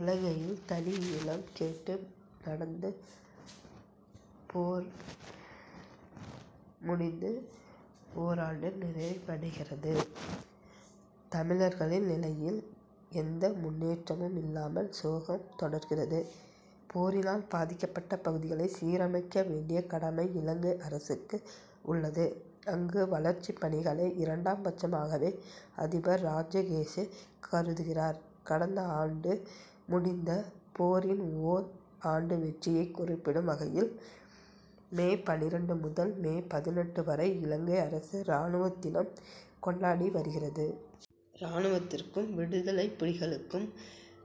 இலங்கையில் தனிஈழம் கேட்டு நடந்த போர் முடிந்து ஓராண்டு நிறைவடைகிறது. தமிழர்களின் நிலையில் எந்த முன்னேற்றமும் இல்லாமல் சோகம் தொடர்கிறது. போரினால் பாதிக்கப்பட்ட பகுதிகளை சீரமைக்க வேண்டிய கடமை இலங்கை அரசுக்கு உள்ளது. அங்கு வளர்ச்சிப் பணிகளை இரண்டாம் பட்சமாகவே அதிபர் ராஜபக்ஷே கருதுகிறார். கடந்த ஆண்டு முடிந்த போரின் ஓர் ஆண்டு வெற்றியைக் குறிப்பிடும் வகையில் மே பன்னிரண்டு முதல் மே பதினெட்டு வரை இலங்கை அரசு ராணுவ தினம் கொண்டாடி வருகிறது. ராணுவத்துக்கும் விடுதலைப்புலிகளுக்கும்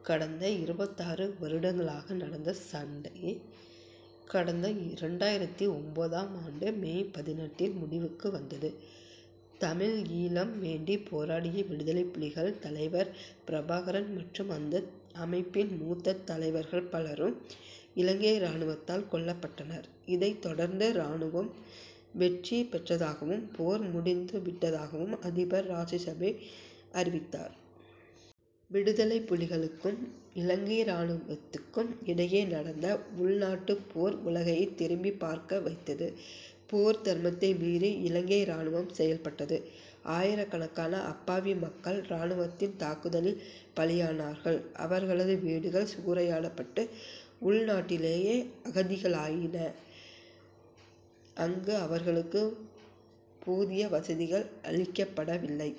கடந்த இருபத்தாறு வருடங்களாக நடந்து வந்த சண்டை கடந்த இரண்டாயிரத்து ஒன்பதாம் ஆண்டு மே பதினெட்டில் முடிவுக்கு வந்தது. தமிழ் ஈழம் வேண்டி போராடிய விடுதலைப்புலிகள் தலைவர் பிரபாகரன் மற்றும் அந்த அமைப்பின் மூத்த தலைவர்கள் பலரும் இலங்கை ராணுவத்தால் கொல்லப்பட்டனர். இதைத் தொடர்ந்து ராணுவம் வெற்றி பெற்றதாகவும் போர் முடிந்து விட்டதாகவும் அதிபர் ராஜபக்ஷே அறிவித்தார். விடுதலைப்புலிகளுக்கும் இலங்கை ராணுவத்துக்கும் இடையே நடந்த உள்நாட்டு போர் உலகையே திரும்பி பார்க்க வைத்தது. போர் தர்மத்தை மீறி இலங்கை ராணுவம் செயல்பட்டது. ஆயிரக்கணக்கான அப்பாவி மக்கள் ராணுவத்தின் தாக்குதலில் பலியானார்கள். அவர்களது வீடுகள் சூறையாடப்பட்டு உள் நாட்டிலேயே அகதிகளாகினர். அங்கு அவர்களுக்கு போதிய வசதிகள் அளிக்கப்படவில்லை.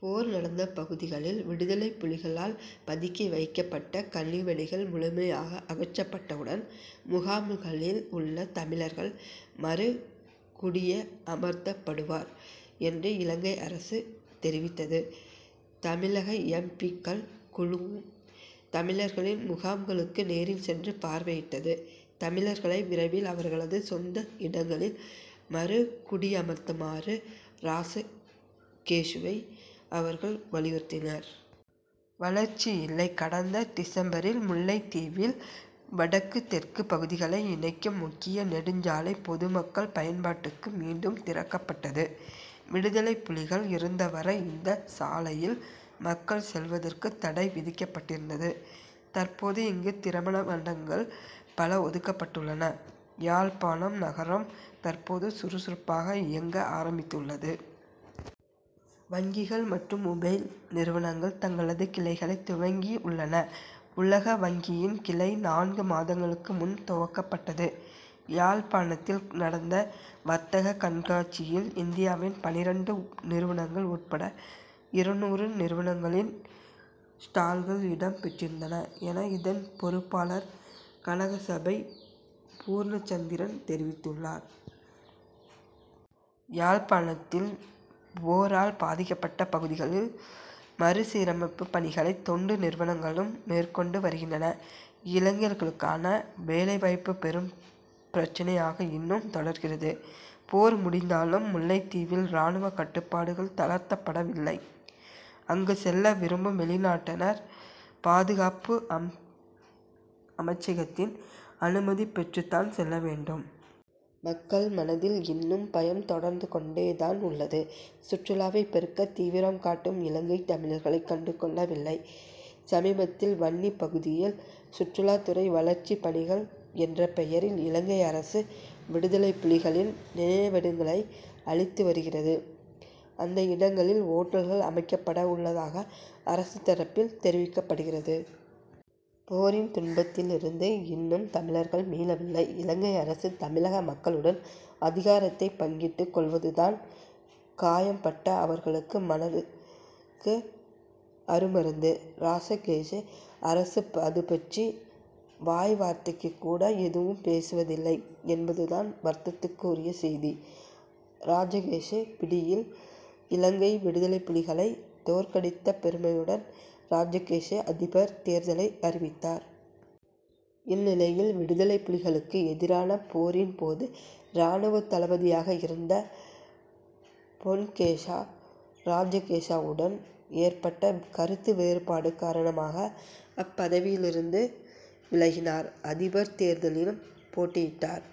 போர் நடந்த பகுதிகளில் விடுதலைப்புலிகளால் பதுக்கி வைக்கப்பட்ட கண்ணிவெடிகள் முழுமையாக அகற்றப்பட்டவுடன் முகாம்களில் உள்ள தமிழர்கள் மறு குடியமர்த்தப்படுவர் என்று இலங்கை அரசு தெரிவித்தது. தமிழக எம். பி.க்கள் குழுவும் தமிழர்களின் முகாம்களுக்கு நேரில் சென்று பார்வையிட்டது. தமிழர்களை விரைவில் அவர்களது சொந்த இடங்களில் மறு குடியமர்த்துமாறு ராஜபக்ஷேவை அவர்கள் வலியுறுத்தினர். வளர்ச்சி இல்லை கடந்த டிசம்பரில் முல்லைத்தீவில் வடக்கு தெற்கு பகுதிகளை இணைக்கும் முக்கிய நெடுஞ்சாலை பொதுமக்கள் பயன்பாட்டுக்கு மீண்டும் திறக்கப்பட்டது. விடுதலைப்புலிகள் இருந்தவரை இந்த சாலையில் மக்கள் செல்வதற்கு தடை விதிக்கப்பட்டிருந்தது. தற்போது இங்கு திருமண மண்டபங்கள் பல துவக்கப்பட்டுள்ளன. யாழ்ப்பாணம் நகரம் தற்போது சுறுசுறுப்பாக இயங்க ஆரம்பித்துள்ளது. வங்கிகள் மற்றும் மொபைல் நிறுவனங்கள் தங்களது கிளைகளை துவங்கி உள்ளன. உலக வங்கியின் கிளை நான்கு மாதங்களுக்கு முன் துவக்கப்பட்டது. யாழ்ப்பாணத்தில் நடந்த வர்த்தக கண்காட்சியில் இந்தியாவின் பன்னிரண்டு நிறுவனங்கள் உட்பட இருநூறு நிறுவனங்களின் ஸ்டால்கள் இடம் பெற்றிருந்தன என இதன் பொறுப்பாளர் கனகசபை பூர்ணச்சந்திரன் தெரிவித்துள்ளார். யாழ்ப்பாணத்தில் போரால் பாதிக்கப்பட்ட பகுதிகளில் மறு சீரமைப்பு பணிகளை தொண்டு நிறுவனங்களும் மேற்கொண்டு வருகின்றன. இளைஞர்களுக்கான வேலைவாய்ப்பு பெரும் பிரச்னையாக இன்னும் தொடர்கிறது. போர் முடிந்தாலும் முல்லைத்தீவில் ராணுவ கட்டுப்பாடுகள் தளர்த்தப்படவில்லை. அங்கு செல்ல விரும்பும் வெளிநாட்டினர் பாதுகாப்பு அமைச்சகத்தின் அனுமதி பெற்றுத்தான் செல்ல வேண்டும். மக்கள் மனதில் இன்னும் பயம் தொடர்ந்து கொண்டே தான் உள்ளது. சுற்றுலாவை பெருக்க தீவிரம் காட்டும் இலங்கை தமிழர்களை கண்டுகொள்ளவில்லை. சமீபத்தில் வன்னி பகுதியில் சுற்றுலா துறை வளர்ச்சி பணிகள் என்ற பெயரில் இலங்கை அரசு விடுதலைப்புலிகளின் நினைவிடங்களை அழித்து வருகிறது. அந்த இடங்களில் ஓட்டல்கள் அமைக்கப்பட உள்ளதாக அரசு தரப்பில் தெரிவிக்கப்படுகிறது. போரின் துன்பத்திலிருந்து இன்னும் தமிழர்கள் மீளவில்லை. இலங்கை அரசு தமிழக மக்களுடன் அதிகாரத்தை பங்கிட்டு கொள்வதுதான் காயம் பட்ட அவர்களது மனதுக்கு அருமருந்து. ராஜபக்ஷே அரசு அதுபற்றி வாய்வார்த்தைக்குக் கூட ஏதும் பேசுவதில்லை என்பதுதான் வருத்தத்துக்கு உரிய செய்தி. ராஜபக்ஷே பிடியில் இலங்கை விடுதலைப்புலிகளை தோற்கடித்த பெருமையுடன் ராஜபக்ஷே அதிபர் தேர்தலை அறிவித்தார். இந்நிலையில் விடுதலைப்புலிகளுக்கு எதிரான போரின் போது ராணுவ தளபதியாக இருந்த பொன்சேகா ராஜபக்ஷேயுடன் ஏற்பட்ட கருத்துவேறுபாடு காரணமாக அப்பதவியிலிருந்து விலகினார். அதிபர் தேர்தலிலும் போட்டியிட்டார்.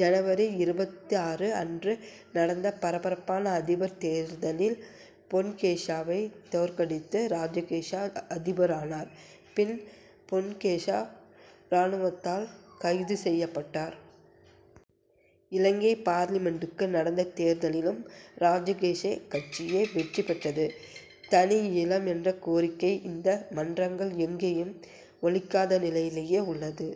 ஜனவரி இருபத்தாறு அன்று நடந்த பரபரப்பான அதிபர் தேர்தலில் பொன்சேகாவை தோற்கடித்து ராஜபக்ஷே அதிபரானார். பின் பொன்சேகா ராணுவத்தால் கைது செய்யப்பட்டார். இலங்கை பார்லிமென்டுக்கு நடந்த தேர்தலிலும் ராஜகேக்ஷே கட்சியே வெற்றி பெற்றது. தனி ஈழம் என்ற கோரிக்கை இந்த மன்றங்கள் எங்கேயும் ஒலிக்காத நிலையே உள்ளது.